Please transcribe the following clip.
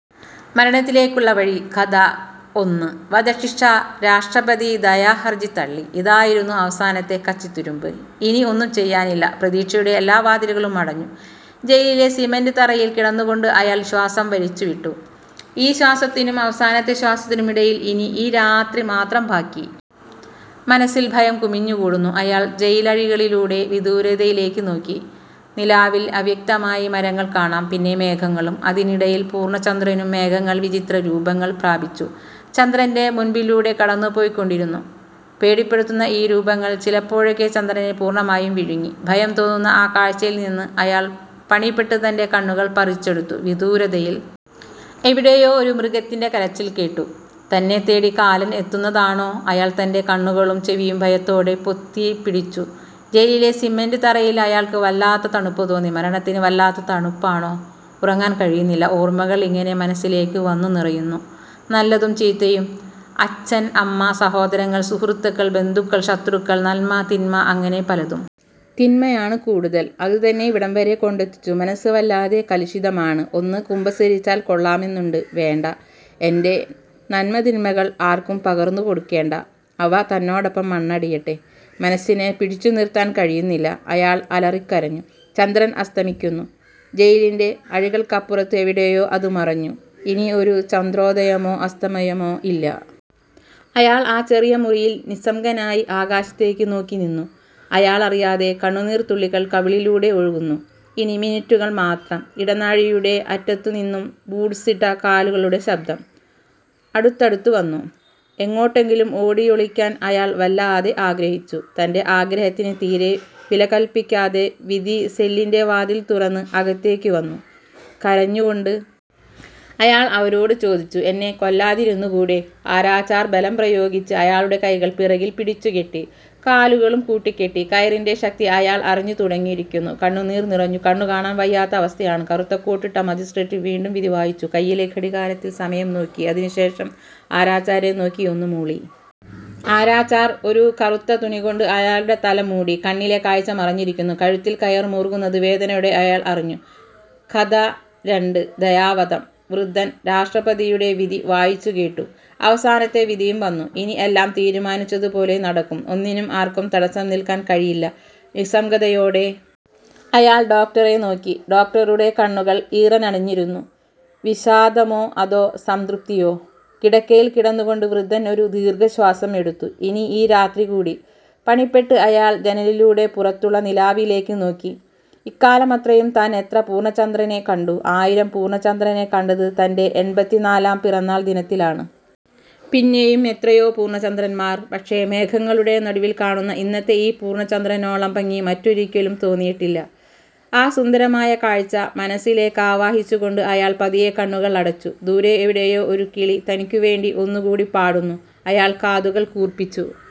മരണത്തിലേക്കുള്ള വഴി-കഥ ഒന്ന്, വധശിക്ഷ രാഷ്ട്രപതി ദയാഹർജി തള്ളി. ഇതായിരുന്നു അവസാനത്തെ കച്ചിത്തുരുമ്പ്. ഇനി ഒന്നും ചെയ്യാനില്ല. പ്രതീക്ഷയുടെ എല്ലാ വാതിലുകളും അടഞ്ഞു. ജയിലിലെ സിമന്റ് തറയിൽ കിടന്നുകൊണ്ട് അയാൾ ശ്വാസം വലിച്ചുവിട്ടു. ഈ ശ്വാസത്തിനും അവസാനത്തെ ശ്വാസത്തിനും ഇടയിൽ ഇനി ഈ രാത്രി മാത്രം ബാക്കി. മനസ്സിൽ ഭയം കുമിഞ്ഞുകൂടുന്നു. അയാൾ ജയിലഴികളിലൂടെ വിദൂരതയിലേക്ക് നോക്കി. നിലാവിൽ അവ്യക്തമായി മരങ്ങൾ കാണാം. പിന്നെ മേഘങ്ങളും അതിനിടയിൽ പൂർണചന്ദ്രനും. മേഘങ്ങൾ വിചിത്ര രൂപങ്ങൾ പ്രാപിച്ചു. ചന്ദ്രന്റെ മുൻപിലൂടെ കടന്നുപോയിക്കൊണ്ടിരുന്നു. പേടിപ്പെടുത്തുന്ന ഈ രൂപങ്ങൾ ചിലപ്പോഴൊക്കെ ചന്ദ്രനെ പൂർണമായും വിഴുങ്ങി. ഭയം തോന്നുന്ന ആ കാഴ്ചയിൽനിന്ന് അയാൾ പണിപ്പെട്ട് തന്റെ കണ്ണുകൾ പറിച്ചെടുത്തു. വിദൂരതയിൽ എവിടെയോ ഒരു മൃഗത്തിന്റെ കരച്ചിൽ കേട്ടു. തന്നെ തേടി കാലൻ എത്തുന്നതാണോ. അയാൾ തന്റെ കണ്ണുകളും ചെവിയും ഭയത്തോടെ പൊത്തിപ്പിടിച്ചു. ജയിലിലെ സിമന്റ് തറയിൽ അയാൾക്ക് വല്ലാത്ത തണുപ്പ് തോന്നി. മരണത്തിന് വല്ലാത്ത തണുപ്പാണോ. ഉറങ്ങാൻ കഴിയുന്നില്ല. ഓർമകൾ ഇങ്ങനെ മനസ്സിലേക്ക് വന്നുനിറയുന്നു. നല്ലതും ചീത്തയും. അച്ഛൻ, അമ്മ, സഹോദരങ്ങൾ, സുഹൃത്തുക്കൾ, ബന്ധുക്കൾ, ശത്രുക്കൾ, നന്മ, തിന്മ, അങ്ങനെ പലതും. തിന്മയാണ് കൂടുതൽ. അതുതന്നെ ഇവിടെവരെ കൊണ്ടെത്തിച്ചു. മനസ്സ് വല്ലാതെ കലുഷിതമാണ്. ഒന്ന് കുമ്പസരിച്ചാൽ കൊള്ളാമെന്നുണ്ട്. വേണ്ട. എന്റെ നന്മതിന്മകൾ ആർക്കും പകർന്നുകൊടുക്കേണ്ട. അവ തന്നോടൊപ്പം മണ്ണടിയട്ടെ. മനസ്സിനെ പിടിച്ചുനിർത്താൻ കഴിയുന്നില്ല. അയാൾ അലറിക്കരഞ്ഞു. ചന്ദ്രൻ അസ്തമിക്കുന്നു. ജയിലിന്റെ അഴികൾക്കപ്പുറത്ത് എവിടെയോ അത് മറഞ്ഞു. ഇനി ഒരു ചന്ദ്രോദയമോ അസ്തമയമോ ഇല്ല. അയാൾ ആ ചെറിയ മുറിയിൽ നിസ്സംഗനായി ആകാശത്തേക്ക് നോക്കിനിന്നു. അയാളറിയാതെ കണ്ണുനീർത്തുള്ളികൾ കവിളിലൂടെ ഒഴുകുന്നു. ഇനി മിനിറ്റുകൾ മാത്രം. ഇടനാഴിയുടെ അറ്റത്തുനിന്നും ബൂട്ട്സിട്ട കാലുകളുടെ ശബ്ദം അടുത്തടുത്തുവന്നു. എങ്ങോട്ടെങ്കിലും ഓടിയൊളിക്കാൻ അയാൾ വല്ലാതെ ആഗ്രഹിച്ചു. തന്റെ ആഗ്രഹത്തിന് തീരെ വിലകൽപ്പിക്കാതെ വിധി സെല്ലിന്റെ വാതിൽ തുറന്ന് അകത്തേക്ക് വന്നു. കരഞ്ഞുകൊണ്ട് അയാൾ അവരോട് ചോദിച്ചു. എന്നെ കൊല്ലാതിരുന്നുകൂടെ. ആരാച്ചാർ ബലം പ്രയോഗിച്ച് അയാളുടെ കൈകൾ പിറകിൽ പിടിച്ചുകെട്ടി. കാലുകളും കൂട്ടിക്കെട്ടി. കയറിന്റെ ശക്തി അയാൾ അറിഞ്ഞുതുടങ്ങിയിരിക്കുന്നു. കണ്ണുനീർ നിറഞ്ഞു. കണ്ണുകാണാൻ വയ്യാത്ത അവസ്ഥയാണ്. കറുത്ത കോട്ടിട്ട മജിസ്ട്രേറ്റ് വീണ്ടും വിധി വായിച്ചു. കയ്യിലെ ഘടികാരത്തിൽ സമയം നോക്കി. അതിനുശേഷം ആരാച്ചാരെ നോക്കി ഒന്ന് മൂളി. ആരാച്ചാർ ഒരു കറുത്ത തുണികൊണ്ട് അയാളുടെ തല മൂടി. കണ്ണിലെ കാഴ്ച മറഞ്ഞിരിക്കുന്നു. കഴുത്തിൽ കയർ മുറുകുന്നത് വേദനയോടെ അയാൾ അറിഞ്ഞു. കഥ രണ്ട്, ദയാവധം .വൃദ്ധൻ രാഷ്ട്രപതിയുടെ വിധി വായിച്ചുകേട്ടു. അവസാനത്തെ വിധിയും വന്നു. ഇനി എല്ലാം തീരുമാനിച്ചതുപോലെ നടക്കും. ഒന്നിനും ആർക്കും തടസ്സം നിൽക്കാൻ കഴിയില്ല. നിസ്സംഗതയോടെ അയാൾ ഡോക്ടറെ നോക്കി. ഡോക്ടറുടെ കണ്ണുകൾ ഈറനണിഞ്ഞിരുന്നു. വിഷാദമോ അതോ സംതൃപ്തിയോ. കിടക്കയിൽ കിടന്നുകൊണ്ട് വൃദ്ധൻ ഒരു ദീർഘശ്വാസം എടുത്തു. ഇനി ഈ രാത്രി കൂടി. പണിപ്പെട്ട് അയാൾ ജനലിലൂടെ പുറത്തുള്ള നിലാവിലേക്ക് നോക്കി. ഇക്കാലമത്രയും താൻ എത്ര പൂർണചന്ദ്രനെ കണ്ടു. ആയിരം പൂർണചന്ദ്രനെ കണ്ടത് തന്റെ എൺപത്തിനാലാം പിറന്നാൾ ദിനത്തിലാണ്. പിന്നെയും എത്രയോ പൂർണചന്ദ്രന്മാർ. പക്ഷേ മേഘങ്ങളുടെ നടുവിൽ കാണുന്ന ഇന്നത്തെ ഈ പൂർണചന്ദ്രനോളം ഭംഗി മറ്റൊരിക്കലും തോന്നിയിട്ടില്ല.ആ സുന്ദരമായ കാഴ്ച മനസ്സിലേക്കാവാഹിച്ചുകൊണ്ട് അയാൾ പതിയെ കണ്ണുകൾ അടച്ചു. ദൂരെ എവിടെയോ ഒരു കിളി തനിക്കുവേണ്ടി ഒന്നുകൂടി പാടുന്നു. അയാൾ കാതുകൾ കൂർപ്പിച്ചു.